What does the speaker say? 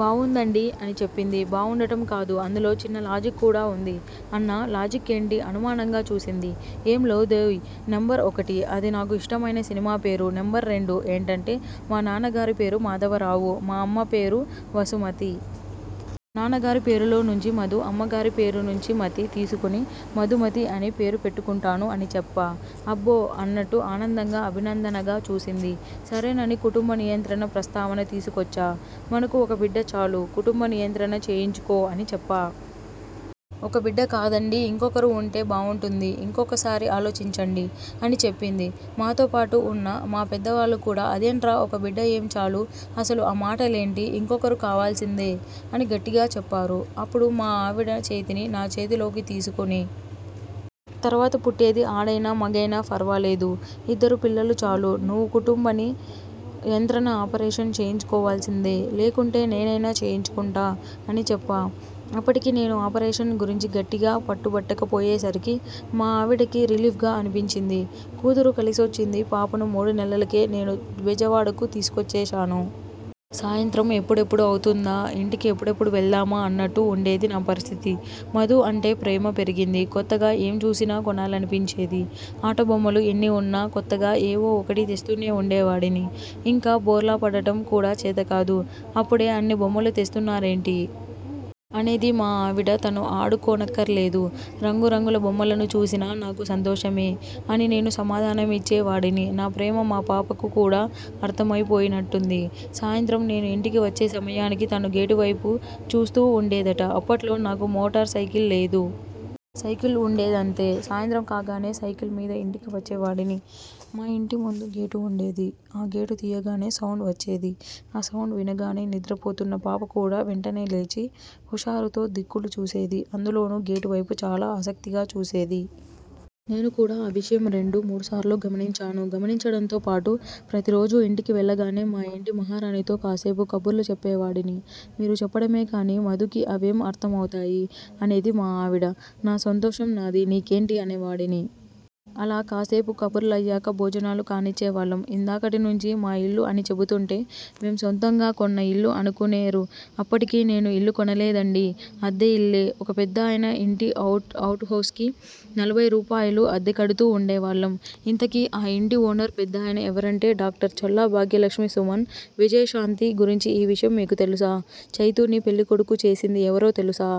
బావుందండీ' అని చెప్పింది. 'బావుండటం కాదు. అందులో చిన్న లాజిక్ కూడా ఉంది' అన్నా. 'లాజిక్కేంటి? ' అనుమానంగా చూసింది. 'ఏం లేదోయ్.. నెంబర్ ఒకటి. అది నాకు ఇష్టమైన సినిమా పేరు. నెంబర్ రెండు. ఏంటంటే.. మా నాన్నగారి పేరు మాధవరావు. మా అమ్మ పేరు వసుమతి. నాన్నగారి పేరులో నుంచి మధు, అమ్మగారి పేరు నుంచిమతి తీసుకుని మధుమతి అని పేరు పెట్టుకుంటాను అని చెప్పా''అబ్బో.. ' అన్నట్టు ఆనందంగా, అభినందనగా చూసింది. సరేనని కుటుంబ నియంత్రణ ప్రస్తావన తీసుకొచ్చా. 'మనకు ఒక బిడ్డ చాలు. కుటుంబ నియంత్రణ చేయించుకో' అని చెప్పా. 'ఒక్క బిడ్డ కాదండీ. ఇంకొకరు ఉంటే బావుంటుంది. ఇంకొక్కసారి ఆలోచించండి' అని చెప్పింది. మాతో పాటు ఉన్న మా పెద్దవాళ్లు కూడా 'అదేంట్రా ఒక బిడ్డ ఏం చాలు. అసలు ఆ మాటలేంటి? ఇంకొకరు కావాల్సిందే' అని గట్టిగా చెప్పారు. అప్పుడు మా ఆవిడ చేతిని నా చేతిలోకి తీసుకుని.. 'తర్వాత పుట్టేది ఆడైనా, మగైనా ఫర్వాలేదు. ఇద్దరు పిల్లలు చాలు. నువ్వు కుటుంబని యంత్రణ ఆపరేషన్ చేయించుకోవాల్సిందే. లేకుంటే నేనైనా చేయించుకుంటా' అని చెప్పా. అప్పటికి నేను ఆపరేషన్ గురించి గట్టిగా పట్టుబట్టక పోయేసరికి మా ఆవిడకి రిలీఫ్గా అనిపించింది. కూతురు కలిసొచ్చింది పాపను మూడునెలలకే నేను బెజవాడకు తీసుకొచ్చేశాను. సాయంత్రం ఎప్పుడెప్పుడు అవుతుందా? ఇంటికి ఎప్పుడెప్పుడు వెళ్దామా అన్నట్టు ఉండేది నా పరిస్థితి. మధు అంటే ప్రేమ పెరిగింది. కొత్తగా ఏం చూసినా కొనాలనిపించేది. ఆటబొమ్మలు ఎన్నిఉన్నా కొత్తగా ఏవో ఒకటి తెస్తూనే ఉండేవాడిని. 'ఇంకా బోర్లాపడటం కూడా చేతకాదు. అప్పుడే అన్ని బొమ్మలు తెస్తున్నారేంటి? ' అనేది మా ఆవిడ. తను ఆడుకోనక్కర్లేదు. 'రంగురంగుల బొమ్మలను చూసినా నాకు సంతోషమే' అని నేను సమాధానమిచ్చే వాడిని. నా ప్రేమ మా పాపకు కూడా అర్థమైపోయినట్టుంది. సాయంత్రం నేను ఇంటికి వచ్చే సమయానికి తను గేటు వైపు చూస్తూ ఉండేదట. అప్పట్లో నాకు మోటార్ సైకిల్ లేదు. సైకిల్ ఉండేదంతే. సాయంత్రం కాగానే సైకిల్ మీద ఇంటికి వచ్చేవాడిని. మా ఇంటి ముందు గేటు ఉండేది. ఆ గేటు తీయగానే సౌండ్ వచ్చేది. ఆ సౌండ్ వినగానే నిద్రపోతున్న పాపకూడా వెంటనే లేచి, హుషారుతో దిక్కులు చూసేది. అందులోనూ గేటు వైపు చాలా ఆసక్తిగా చూసేది. నేను కూడా ఆ విషయం రెండు, మూడుసార్లు గమనించాను. గమనించడంతో పాటు ప్రతిరోజూ ఇంటికి వెళ్లగానే మా ఇంటి మహారాణితో కాసేపు కబుర్లు చెప్పేవాడిని. 'మీరు చెప్పడమే కానీ మధుకి అవేం అర్థమవుతాయి? ' అనేది మా ఆవిడ. 'నా సంతోషం నాది.. నీకేంటి? ' అనేవాడిని. అలా కాసేపు కబుర్లయ్యాక భోజనాలు కానిచ్చేవాళ్లం. ఇందాకటినుంచీ.. మా ఇల్లు అని చెబుతుంటే మేం సొంతంగా కొన్న ఇల్లు అనుకునేరుఅప్పటికి నేను ఇల్లు కొనలేదండీ. అద్దెఇల్లే. ఒక పెద్దాయన ఇంటి ఔట్హౌస్కి నలభైరూపాయలు అద్దెకడుతూ ఉండేవాళ్లం. ఇంతకీ ఆ ఇంటి ఓనర్ పెద్దాయన ఎవరంటే.. డాక్టర్ చల్లా భాగ్యలక్ష్మి సుమన్, విజయశాంతి గురించి ఈ విషయం మీకు తెలుసా? చైతూని పెళ్లి కొడుకు చేసింది ఎవరో తెలుసా?